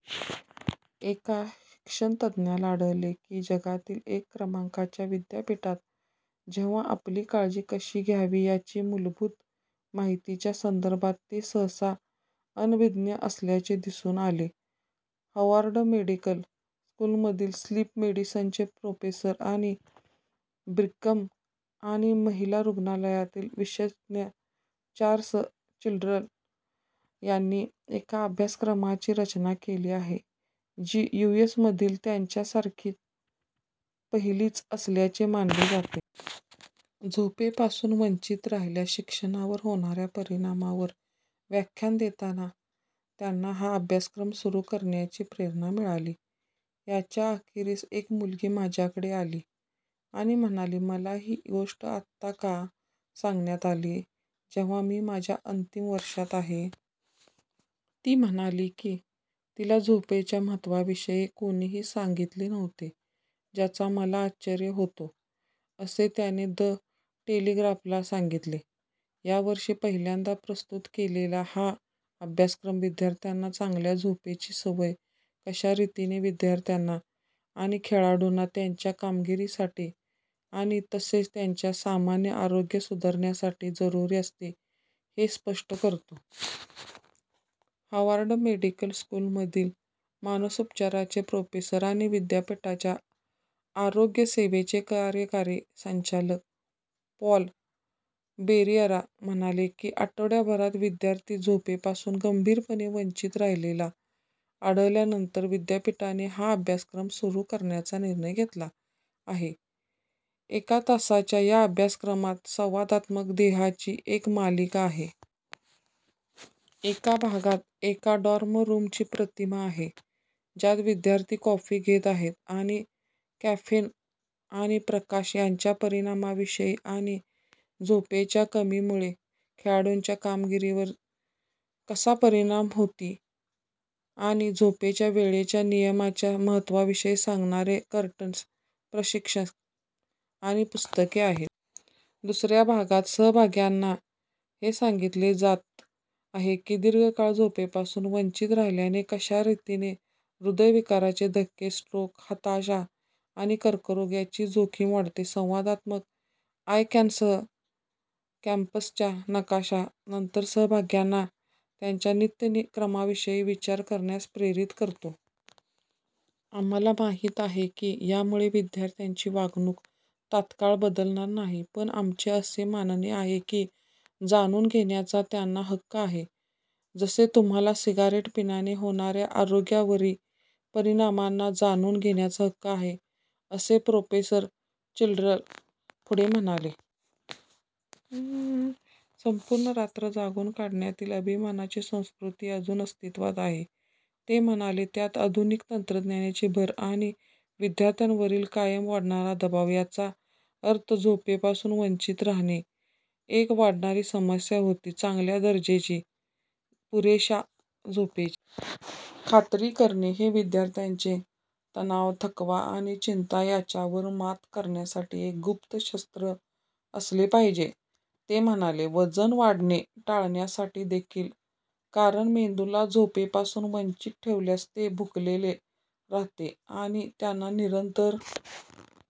एका शिक्षणतज्ज्ञाला आढळले की जगातील एक क्रमांकाच्या विद्यापीठात जेव्हा आपली काळजी कशी घ्यावी याविषयी मुलभूत माहितीच्या संदर्भात ते सहसा अनभिज्ञ असल्याचे दिसून आले. हार्वर्ड मेडिकल स्कूलमधील स्लीप मेडिसिनचे प्रोफेसर आणि ब्रिघम आणि महिला रुग्णालयातील विशेषज्ञ चार्ल्स चिज्लर यांनी एका अभ्यासक्रमाची रचना केली आहे, जी यूएसमधील त्याच्यासारखी पहिलीच असल्याचे मानले जाते. झोपेपासून वंचित राहिल्यास शिक्षणावर होणाऱ्या परिणामावर व्याख्यान देताना त्यांना हा अभ्यासक्रम सुरु करण्याची प्रेरणा मिळाली. 'याच्या अखेरीस एक मुलगी माझ्याकडे आली आणि म्हणाली: 'मला ही गोष्ट आत्ता का सांगण्यात आली, जेव्हा मी माझ्या अंतिम वर्षात आहे? ती म्हणाली की तिला झोपेच्या महत्त्वाविषयी कोणीही सांगितले नव्हते – ज्याचा मला आश्चर्य होतो,' असे त्यांनी द टेलिग्राफला सांगितले. या वर्षी पहिल्यांदा प्रस्तुत केलेला हा अभ्यासक्रम, विद्यार्थ्यांना चांगल्या झोपेची सवय कशा रीतीने विद्यार्थ्यांना आणि खेळाडूंना त्यांच्या कामगिरीसाठी आणि तसेच त्याच्या सामान्य आरोग्यास सुधारण्यासाठी जरुरी असते, हे स्पष्ट करतो. हार्वर्ड मेडिकल स्कूलमधील मानसोपचाराचे प्रोफेसर आणि विद्यापीठाच्या आरोग्य सेवेचे कार्यकारी संचालक पॉल बरिएरा म्हणाले की आठवडाभरात विद्यार्थी झोपेपासून गंभीरपणे वंचित राहिलेले आढळल्यानंतर विद्यापीठाने हा अभ्यासक्रम सुरु करण्याचा निर्णय घेतला आहे. एका तासाच्या या अभ्यासक्रमात संवादात्मक ध्येयांची एक मालिका आहे. एका भागात एका डॉर्म रूमची प्रतिमा आहे, ज्यात विद्यार्थी कॉफी घेत आहेत, आणि कॅफेन आणि प्रकाश यांच्या परिणामांविषयी आणि झोपेच्या कमीमुळे खेळाडूंच्या कामगिरीवर कसा परिणाम होती आणि झोपेच्या वेळेच्या नियमनाच्या महत्त्वाविषयी सांगणारे कर्टन्स, प्रशिक्षक आणि पुस्तके आहेत. दुसऱ्या भागात सहभाग्यांना हे सांगितले जात आहे की दीर्घकाळ झोपेपासून वंचित राहिल्याने कशा रीतीने हृदयविकाराचे धक्के, स्ट्रोक, हताशा आणि कर्करोग यांची जोखीम वाढते. संवादात्मक आयकॉन्ससह कॅम्पसचा नकाशा नंतर सहभाग्यांना त्यांच्या नित्यक्रमाविषयी विचार करण्यास प्रेरित करतो. "आम्हाला माहित आहे की यामुळे विद्यार्थ्यांची वागणूक तत्काळ बदलणार नाही. पण आमचे असे मानणे आहे की जाणून घेण्याचा त्यांना हक्क आहे – जसे तुम्हाला सिगारेट पिण्याने होणाऱ्या आरोग्यावरी परिणामांना जाणून घेण्याचा हक्क आहे,' असे प्रोफेसर चिज्लर पुढे म्हणाले. 'संपूर्ण रात्र जागून काढण्यातील' अभिमानाची संस्कृती अजून अस्तित्वात आहे, ते म्हणाले, त्यात आधुनिक तंत्रज्ञानाची भर आणि विद्यार्थ्यांवरील कायम वाढणारा दबाव, याचा अर्थ झोपेपासून वंचित राहणे एक वाढणारी समस्या होती. चांगल्या दर्जाची, पुरेशा झोपेची खात्री करणे हे विद्यार्थ्याचे तणाव, थकवा आणि चिंता यांच्यावर मात करण्यासाठी एक गुप्त शस्त्र असले पाहिजे, ते म्हणाले – वजन वाढणे टाळण्यासाठी देखील, कारण मेंदूला झोपेपासून वंचित ठेवल्यास ते भुकेलेले राहते आणि त्यांना निरंतर